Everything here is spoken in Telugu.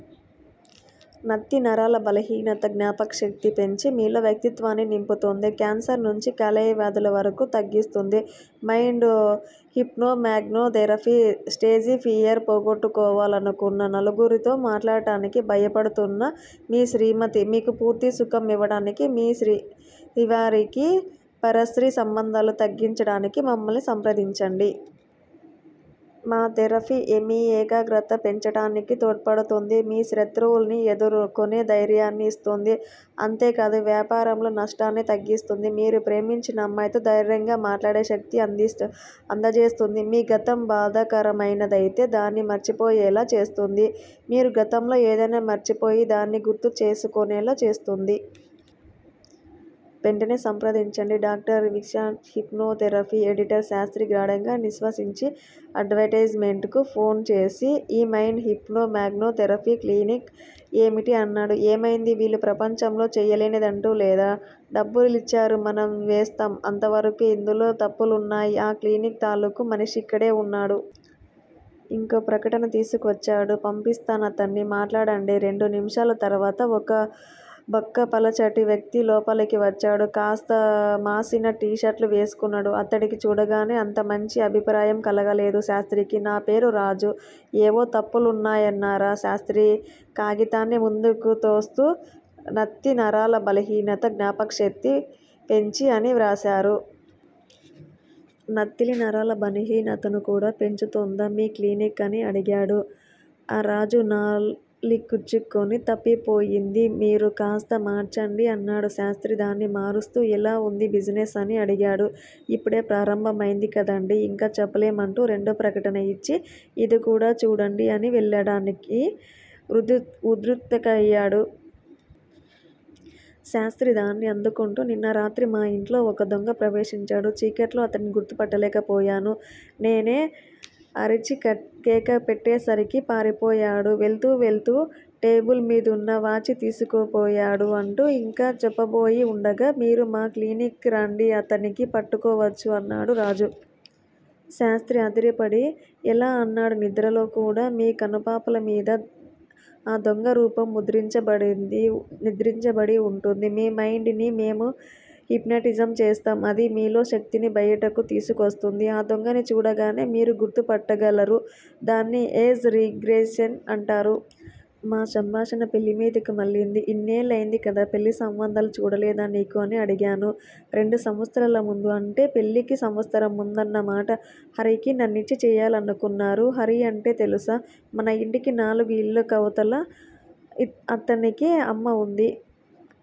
నత్తి, నరాల బలహీనత, జ్ఞాపకశక్తిని పెంచి మీలో వ్యక్తిత్వాన్ని నింపుతుంది. కాన్సర్ నుంచి కాలేయవ్యాధుల వరకూ తగ్గిస్తుంది mind hypno magno therapy stage fear పోగొట్టుకోవాలనుకున్న. నలుగురితో మాట్లాడటానికి భయపడుతున్నా, మీ శ్రీమతి మీకు పూర్తి సుఖం ఇవ్వటానికి, మీ శ్రీవారికి పరస్త్రీ సంబంధాలు తగ్గించటానికి మమ్మల్ని సంప్రదించండి. మా థెరపీ మీ 'ఏకాగ్రత' పెంచటానికి తోడ్పడుతుంది. మీ శత్రువుల్ని ఎదుర్కొనే ధైర్యాన్ని ఇస్తుంది. అంతేకాదు. వ్యాపారంలో నష్టాల్ని తగ్గిస్తుంది. మీరు ప్రేమించిన అమ్మాయితో ధైర్యంగా మాట్లాడే శక్తిని అందజేస్తుంది మీ గతం బాధాకరమైనదయితే దాన్ని మర్చిపోయేలా చేస్తుంది. మీరు గతంలో ఏదైనా మర్చిపోతే దాన్ని గుర్తు తెచ్చుకునేలా చేస్తుంది. వెంటనే సంప్రదించండి. Doctor Vishal's hypno therapy editor Shastri గాఢంగా నిశ్వసించి అడ్వర్టయిజ్ మెంట్ కి ఫోన్ చేసి ఈ mind hypno magno therapy clinic ఏమిటి? అన్నాడు. ఏమైంది? వీళ్ళు ప్రపంచంలో చేయలేనిదంటూ లేదా? డబ్బిచ్చారు. మనం వేస్తాం. అంతవరకే. ఇందులో తప్పులున్నాయి ఆ క్లినిక్ తాలూకు మనిషి ఇక్కడే వున్నాడు. ఇంకో ప్రకటన తీసుకొచ్చాడు. పంపిస్తానతన్ని. మాట్లాడండి రెండు నిమిషాల తరువాత ఒక బక్కపలచటి వ్యక్తి లోపలికి వచ్చాడు. కాస్త మాసిన 'టీ షర్టు' వేసుకున్నాడు. అతడిని చూడగానే అంత మంచి అభిప్రాయం కలుగలేదు శాస్త్రికి. నా పేరు రాజు. ఏవో తప్పులున్నాయన్నార్ట శాస్త్రి, కాగితాన్ని ముందుకుతోస్తూ నత్తి నరాల బలహీనత, జ్ఞాపకశక్తిని పెంచి అని వ్రాసారు. నత్తినీ, నరాల బలహీనతని కూడా పెంచుతుందా మీ క్లినిక్? అని అడిగాడు. రాజు నాలిక్కర్చుకుని, తప్పయిపోయింది. మీరే కాస్త మార్చండి అన్నాడు. శాస్త్రి దాన్ని మారుస్తూ ఎలా వుందీ బిజినెస్? అని అడిగాడు. ఇప్పుడే ప్రారంభం అయింది కదండీ. ఇంకా చెప్పలేం అంటూ రెండో ప్రకటన ఇచ్చి ఇది కూడా చూడండి అన్నాడు వెళ్ళటానికి ఉద్యుక్తుడవుతూ. శాస్త్రి దాన్ని అందుకుంటూ నిన్న రాత్రి మా ఇంట్లో ఒక దొంగ ప్రవేశించాడు. చీకట్లో అతడిని గుర్తుపట్టులేకపోయాను. నేను అరిచి కేకపెట్టేసరికి పారిపోయాడనుకో. వెళ్తూ వెళ్తూ టేబిల్ మీదున్న వాచీ తీసుకుపోయాడు అంటూ ఇంకా చెప్పబోతూ వుండగా 'మీరు మా క్లినిక్ కి రండి. అతడిని పట్టుకోవచ్చు' అన్నాడు రాజు. శాస్త్రి అదిరిపడి ఎలా? అన్నాడు. నిద్రలో కూడా మీ కనుపాపల మీద ఆ దొంగ రూపం ముద్రించబడి వుంటుంది. మీ మైండ్ ని మేము హిప్నటైజ్ చేస్తాం. అది మీలో శక్తిని బయటకు తీసుకువస్తుంది. ఆ దొంగని చూడగానే మీరు గుర్తుపట్టగలరు దాన్నే ఏజ్ రిగ్రెషన్ అంటారు. మా సంభాషణ పెళ్ళిమీదికి మళ్ళింది. ఇన్నేళ్ళయింది కదా. పెళ్ళి సంబంధాలే చూడలేదా నీకు? అని అడిగాను. రెండు సంవత్సరాల ముందు, అంటే పెళ్ళికి సంవత్సరం ముందున్న మాట. హరికి నన్నిచ్చి చేయాలనుకున్నారు. హరి అంటే తెలుసా? మన ఇంటికి నాలుగు ఇళ్ళకవతల. అతనికి అమ్మ వుంది.